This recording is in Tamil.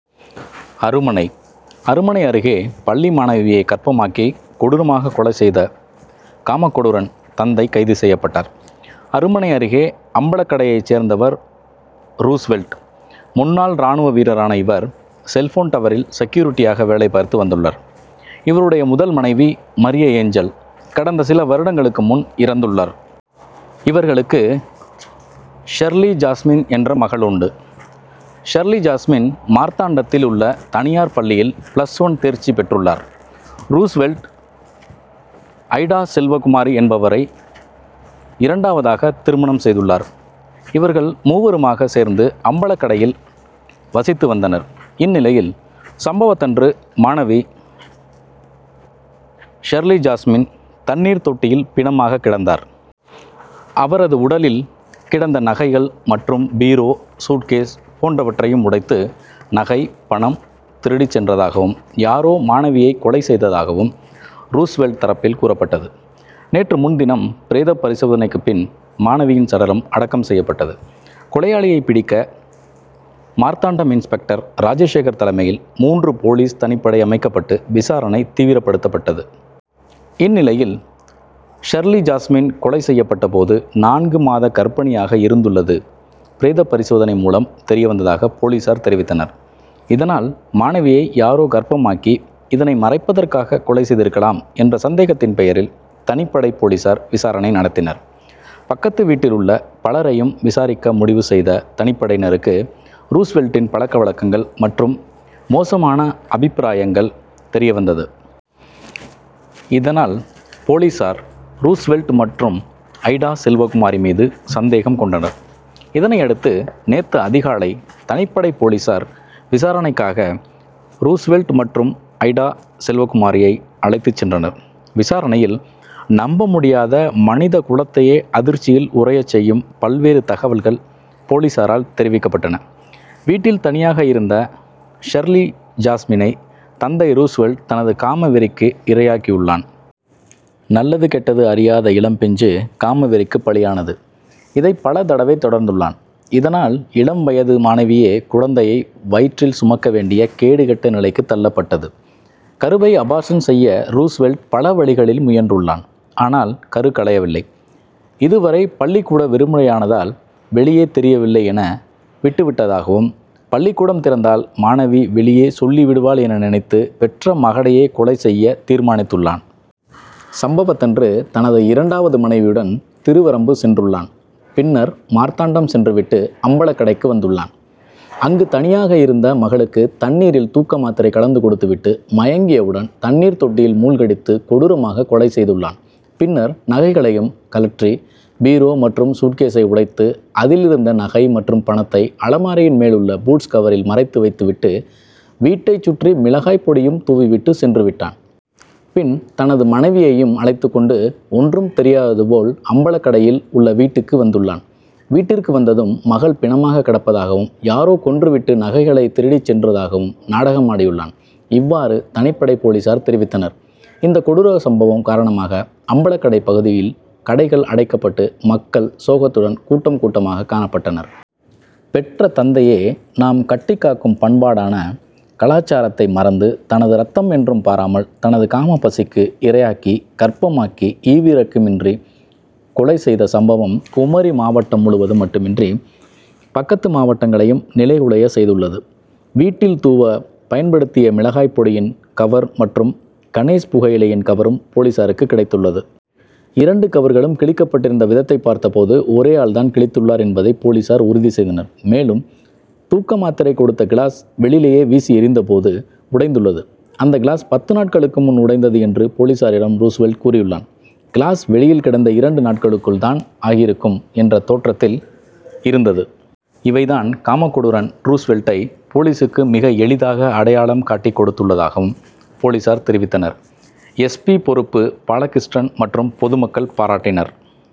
அருமனை அருமனை அருகே பள்ளி மாணவியை கர்ப்பமாக்கி கொடூரமாக கொலை செய்த காமக்கொடூரன் தந்தை கைது செய்யப்பட்டார். அருமனை அருகே அம்பலக்கடையை சேர்ந்தவர் றூஸ்வெல்ட். முன்னாள் ராணுவ வீரரான இவர் செல்போன் டவரில் செக்யூரிட்டியாக வேலைபார்த்து வந்துள்ளார். இவருடைய முதல் மனைவி மரியஏஞ்சல் கடந்த சில வருடங்களுக்கு முன் இறந்துள்ளார். இவர்களுக்கு ஷெர்லிஜாஸ்மின் என்ற மகள் உண்டு. ஷெர்லிஜாஸ்மின் மார்த்தாண்டத்தில் உள்ள தனியார் பள்ளியில் பிளஸ் ஒன்று தேர்ச்சி பெற்றுள்ளார். றூஸ்வெல்ட், ஐடாசெல்வகுமாரி என்பவரை இரண்டாவதாக திருமணம் செய்துள்ளார். இவர்கள் மூவருமாக சேர்ந்து அம்பலக்கடையில் வசித்து வந்தனர். இந்நிலையில் சம்பவத்தன்று மாணவி ஷெர்லிஜாஸ்மின் தண்ணீர் தொட்டியில் பிணமாக கிடந்தார். அவரது உடலில் கிடந்த நகைகள் மற்றும் பீரோ, சூட்கேஸ் போன்றவற்றையும் உடைத்து நகை, பணம் திருடி சென்றதாகவும் யாரோ மாணவியை கொலை செய்ததாகவும் றூஸ்வெல்ட் தரப்பில் கூறப்பட்டது. நேற்று முன்தினம் பிரேத பரிசோதனைக்கு பின் மாணவியின் சடலம் அடக்கம் செய்யப்பட்டது. கொலையாளியை பிடிக்க மார்த்தாண்டம் இன்ஸ்பெக்டர் ராஜசேகர் தலைமையில் மூன்று போலீஸ் தனிப்படை அமைக்கப்பட்டு விசாரணை தீவிரப்படுத்தப்பட்டது. இந்நிலையில் ஷெர்லிஜாஸ்மின் கொலை செய்யப்பட்ட போது நான்கு மாத கர்ப்பிணியாக இருந்துள்ளது பிரேத பரிசோதனை மூலம் தெரியவந்ததாக போலீசார் தெரிவித்தனர். இதனால் மாணவியை யாரோ கர்ப்பமாக்கி, இதனை மறைப்பதற்காக கொலை செய்திருக்கலாம் என்ற சந்தேகத்தின் பெயரில் தனிப்படை போலீசார் விசாரணை நடத்தினர். பக்கத்து வீட்டிலுள்ள பலரையும் விசாரிக்க முடிவு செய்த தனிப்படையினருக்கு றூஸ்வெல்ட்டின் பழக்கவழக்கங்கள் மற்றும் மோசமான அபிப்பிராயங்கள் தெரியவந்தது. இதனால் போலீசார் றூஸ்வெல்ட் மற்றும் ஐடா செல்வகுமாரி மீது சந்தேகம் கொண்டனர். இதனையடுத்து நேற்று அதிகாலை தனிப்படை போலீசார் விசாரணைக்காக றூஸ்வெல்ட் மற்றும் ஐடா செல்வகுமாரியை அழைத்து சென்றனர். விசாரணையில் நம்பமுடியாத மனித குலத்தையே அதிர்ச்சியில் உறைய செய்யும் பல்வேறு தகவல்கள் போலீசாரால் தெரிவிக்கப்பட்டன. வீட்டில் தனியாக இருந்த ஷெர்லிஜாஸ்மினை தந்தை றூஸ்வெல்ட் தனது காமவெறிக்கு இரையாக்கியுள்ளான். நல்லது கெட்டது அறியாத இளம்பிஞ்சு காமவெறிக்கு பலியானது. இதை பலதடவை தொடர்ந்துள்ளான். இதனால் இளம் வயது மாணவியே குழந்தையை வயிற்றில் சுமக்கவேண்டிய கேடுகெட்ட நிலைக்கு தள்ளப்பட்டது. கருவை அபார்ஷன் செய்ய றூஸ்வெல்ட் பலவழிகளில் முயன்றுள்ளான். ஆனால் கரு கலையவில்லை. இதுவரை பள்ளிக்கூட விடுமுறையானதால் வெளியே தெரியவில்லை என விட்டுவிட்டதாகவும், பள்ளிக்கூடம் திறந்தால் மாணவி வெளியே சொல்லிவிடுவாள் என நினைத்து பெற்ற மகளையே கொலை செய்ய தீர்மானித்துள்ளான். சம்பவத்தன்று தனது இரண்டாவது மனைவியுடன் திருவரம்பு சென்றுள்ளான். பின்னர் மார்த்தாண்டம் சென்றுவிட்டு அம்பலக்கடைக்கு வந்துள்ளான். அங்கு தனியாக இருந்த மகளுக்கு தண்ணீரில் தூக்கமாத்திரை கலந்து கொடுத்துவிட்டு மயங்கியவுடன் தண்ணீர் தொட்டியில் மூழ்கடித்து கொடூரமாக கொலை செய்துள்ளான். பின்னர் நகைகளையும் கழற்றி பீரோ மற்றும் சூட்கேசை உடைத்து அதிலிருந்த நகை மற்றும் பணத்தை அலமாரியின் மேலுள்ள பூட்ஸ் கவரில் மறைத்து வைத்துவிட்டு வீட்டை சுற்றி மிளகாய் பொடியும் தூவிவிட்டு சென்றுவிட்டான். பின் தனது மனைவியையும் அழைத்துகொண்டு ஒன்றும் தெரியாதது போல் அம்பலக்கடையில் உள்ள வீட்டுக்கு வந்துள்ளான். வீட்டிற்கு வந்ததும் மகள் பிணமாக கிடப்பதாகவும், யாரோ கொன்றுவிட்டு நகைகளை திருடி சென்றதாகவும் நாடகமாடியுள்ளான். இவ்வாறு தனிப்படை போலீசார் தெரிவித்தனர். இந்த கொடூர சம்பவம் காரணமாக அம்பலக்கடை பகுதியில் கடைகள் அடைக்கப்பட்டு மக்கள் சோகத்துடன் கூட்டம் கூட்டமாக காணப்பட்டனர். பெற்ற தந்தைதையே நாம் கட்டிக் காக்கும் பண்பாடான கலாச்சாரத்தை மறந்து தனது ரத்தம் என்றும் பாராமல் தனது காமப்பசிக்கு இரையாக்கி கர்ப்பமாக்கி ஈவு இரக்கமின்றி கொலை செய்த சம்பவம் குமரி மாவட்டம் முழுவதும் மட்டுமின்றி பக்கத்து மாவட்டங்களையும் நிலைகுலைய செய்துள்ளது. வீட்டில் தூவ பயன்படுத்திய மிளகாய் பொடியின் கவர் மற்றும் கணேஷ் புகையிலையின் கவரும் போலீசாருக்கு கிடைத்துள்ளது. இரண்டு கவர்களும் கிழிக்கப்பட்டிருந்த விதத்தை பார்த்தபோது ஒரே ஆள்தான் கிழித்துள்ளார் என்பதை போலீசார் உறுதி செய்தனர். மேலும் தூக்க மாத்திரை கொடுத்த கிளாஸ் வெளியிலேயே வீசி எறிந்தபோது உடைந்துள்ளது. அந்த கிளாஸ் பத்து நாட்களுக்கு முன் உடைந்தது என்று போலீசாரிடம் றூஸ்வெல்ட் கூறியுள்ளான். கிளாஸ் வெளியில் கிடந்து இரண்டு நாட்களுக்குள் தான் ஆகியிருக்கும் என்ற தோற்றத்தில் இருந்தது. இவைதான் காமக்கொடூரன் றூஸ்வெல்ட்டை போலீசுக்கு மிக எளிதாக அடையாளம் காட்டி கொடுத்துள்ளதாகவும் போலீசார் தெரிவித்தனர். எஸ். பி., பொறுப்பு பாலகிருஷ்ணன் மற்றும் பொதுமக்கள் பாராட்டினர்.